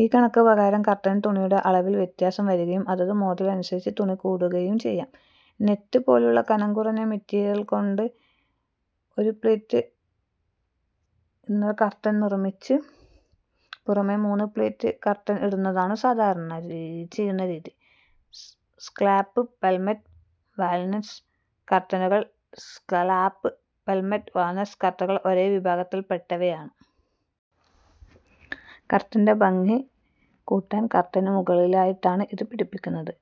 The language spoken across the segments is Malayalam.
ഈ കണക്കുപ്രകാരം കര്ട്ടന് തുണിയുടെ അളവില് വ്യത്യാസം വരികയും അതത് മോഡല് അനുസരിച്ച് തുണി കൂടുകയും ചെയ്യാം. നെറ്റ് പോലുള്ള കനം കുറഞ്ഞ മെറ്റീരിയല്കൊണ്ട് ഒരു പ്ലീറ്റ് ഇന്നര്കര്ട്ടന് നിര്മിച്ച് പുറമെ മൂന്നു പ്ലീറ്റ് കര്ട്ടന് ഇടുന്നതാണ് സാധാരണ രീതി ചെയ്യുന്ന രീതി. സ്കാലപ്പ്, പെല്മറ്റ്, വാലന്സ് കര്ട്ടനുകള് സ്കാലപ്പ്, പെല്മറ്റ്, വാലന്സ് കര്ട്ടനുകള് ഒരേ വിഭാഗത്തില്പ്പെട്ടവയാണ്. കര്ട്ടന്റെ ഭംഗി കൂട്ടാന് കര്ട്ടന് മുകളിലായിട്ടാണ് ഇത് പിടിപ്പിക്കുന്നത്.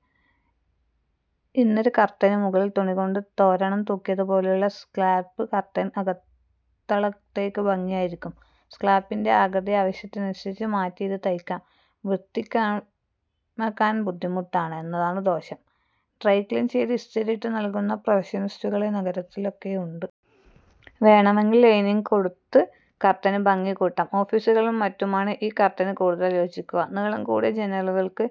ഇന്നര് കര്ട്ടനു മുകളില് തുണികൊണ്ട് തോരണം തൂക്കിയതുപോലുളള സ്കാലപ്പ് കര്ട്ടന് അകത്തളങ്ങള്ക്ക് ഭംഗിയായിരിക്കും. സ്കാലപ്പിന്റെ ആകൃതി ആവശ്യത്തിനനുസരിച്ച് മാറ്റി ഇത് തയ്ക്കാം. വൃത്തിയാക്കാന് ബുദ്ധിമുട്ടാണ് എന്നതാണ് ദോഷം. ്രൈഡക്ലീന് ചെയ്ത് ഇസ്തിരിയിട്ടു നല്കുന്ന പ്രൊഫഷണലിസ്റ്റുകള് നഗരങ്ങളിലൊക്കെയുണ്ട്. വേണമെങ്കില് ലൈനിങ് കൊടുത്ത് കര്ട്ടന് ഭംഗിയും കൂട്ടാം. ഓഫീസുകളിലും മറ്റുമാണ് ഈ കര്ട്ടന് കൂടുതല് യോജിക്കുക. നീളം കൂടിയ ജനലുകള്ക്ക്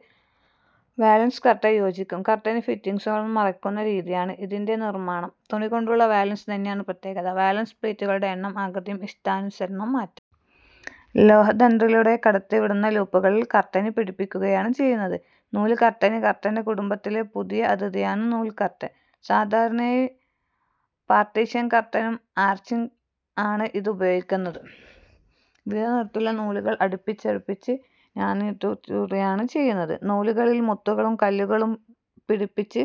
വാലന്സ് കര്ട്ടന് യോജിക്കും. കര്ട്ടന് ഫിറ്റിങ്ങുകള് മറയ്ക്കുന്ന രീതിയിലാണ് ഇതിന്റെ നിര്മാണം. തുണികൊണ്ടുള്ള വാലന്സ് തന്നെയാണ് പ്രത്യേകത. വാലന്സ് പ്ലീറ്റുകളുടെ എണ്ണവും ആകൃതിയും ഇഷ്ടാനുസരണം മാറ്റാം. ലോഹദണ്ഡിലൂടെ കടത്തി വിടുണലൂപ്പുകളില് കര്ട്ടന് പിടിപ്പിക്കുകയാണ് ചെയ്യുന്നത്. നൂല് കര്ട്ടന് കര്ട്ടന് കുടുംബത്തിലെ പുതിയ അതിഥിയാണ് നൂല്കര്ട്ടന്. സാധാരണയായി പാര്ട്ടീഷന് കര്ട്ടനും ആര്ച്ചിനും ആണ് ഇത് ഉപയോഗിക്കുന്നത്. വിവിധ നിറത്തിലുള്ള നൂലുകള് അടുപ്പിച്ചടുപ്പിച്ച് ഞാത്തിയിടുകയാണ് ചെയ്യുന്നത്. നൂലുകളില് മുത്തുകളും കല്ലുകളും പിടിപ്പിച്ച്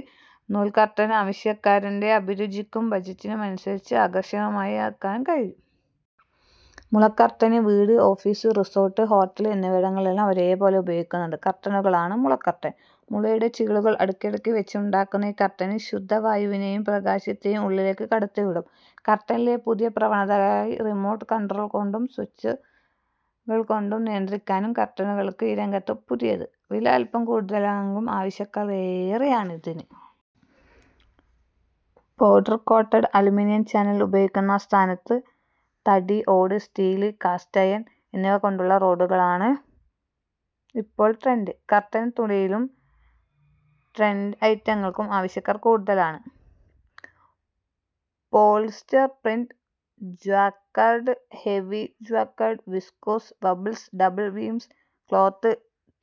നൂല്കര്ട്ടന് ആവശ്യക്കാരന്റെ അഭിരുചിക്കും ബജറ്റിനുമനുസരിച്ച് ആകര്ഷണീയമാക്കാനും കഴിയും. മുള കര്ട്ടന് വീട്, ഓഫീസ്, റിസോര്ട്ട്, ഹോട്ടല് എന്നിവിടങ്ങളിലെല്ലാം ഒരുപോലെ ഉപയോഗിക്കുന്ന കര്ട്ടനുകളാണ് മുളകര്ട്ടന്. മുളയുടെ ചീളുകള് അടുക്കിയടുക്കി വെച്ച് ഉണ്ടാക്കുന്ന ഈ കര്ട്ടന് ശുദ്ധവായുവിനെയും പ്രകാശത്തെയും ഉള്ളിലേക്ക് കടത്തിവിടും. കര്ട്ടനിലെ പുതിയ പ്രവണതകള് റിമോര്ട്ട് കണ്ട്രോള്കൊണ്ടും സ്വിച്ചുകള്കൊണ്ടും നിയന്ത്രിക്കാവുന്ന കര്ട്ടനുകളാണ് ഈ രംഗത്ത് പുതിയത്. വില അല്പം കൂടുമെങ്കിലും ആവശ്യക്കാര് ഏറെയാണിതിന്. പൗഡര് കോട്ടഡ് അലുമിനിയം ചാനല് ഉപയോഗിച്ചിരുന്ന സ്ഥാനത്ത് തടി, ഓട്, സ്റ്റീല്, കാസ്റ്റ് അയേണ് എന്നിവകൊണ്ടുള്ള റോഡുകളാണ് ഇപ്പോള് ട്രെന്ഡ്. കര്ട്ടന് തുണിയിലും ട്രെന്ഡി ഐറ്റങ്ങള്ക്ക് ആവശ്യക്കാര് കൂടുതലാണ്. Polyester printed, jacquard, heavy jacquards, viscose, bubbles, double weaving cloth,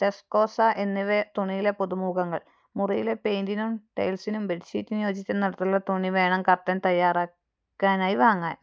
ടെര്കോസ എന്നിവയാണ് തുണിയിലെ പുതുമുഖങ്ങള്. മുറിയിലെ പെയിന്റിനും ടൈല്സിനും ബെഡ്ഷീറ്റിനും യോജിച്ച നിറത്തിലുള്ള തുണി വേണം കര്ട്ടന് തയ്ക്കാനായി വാങ്ങിക്കാന്.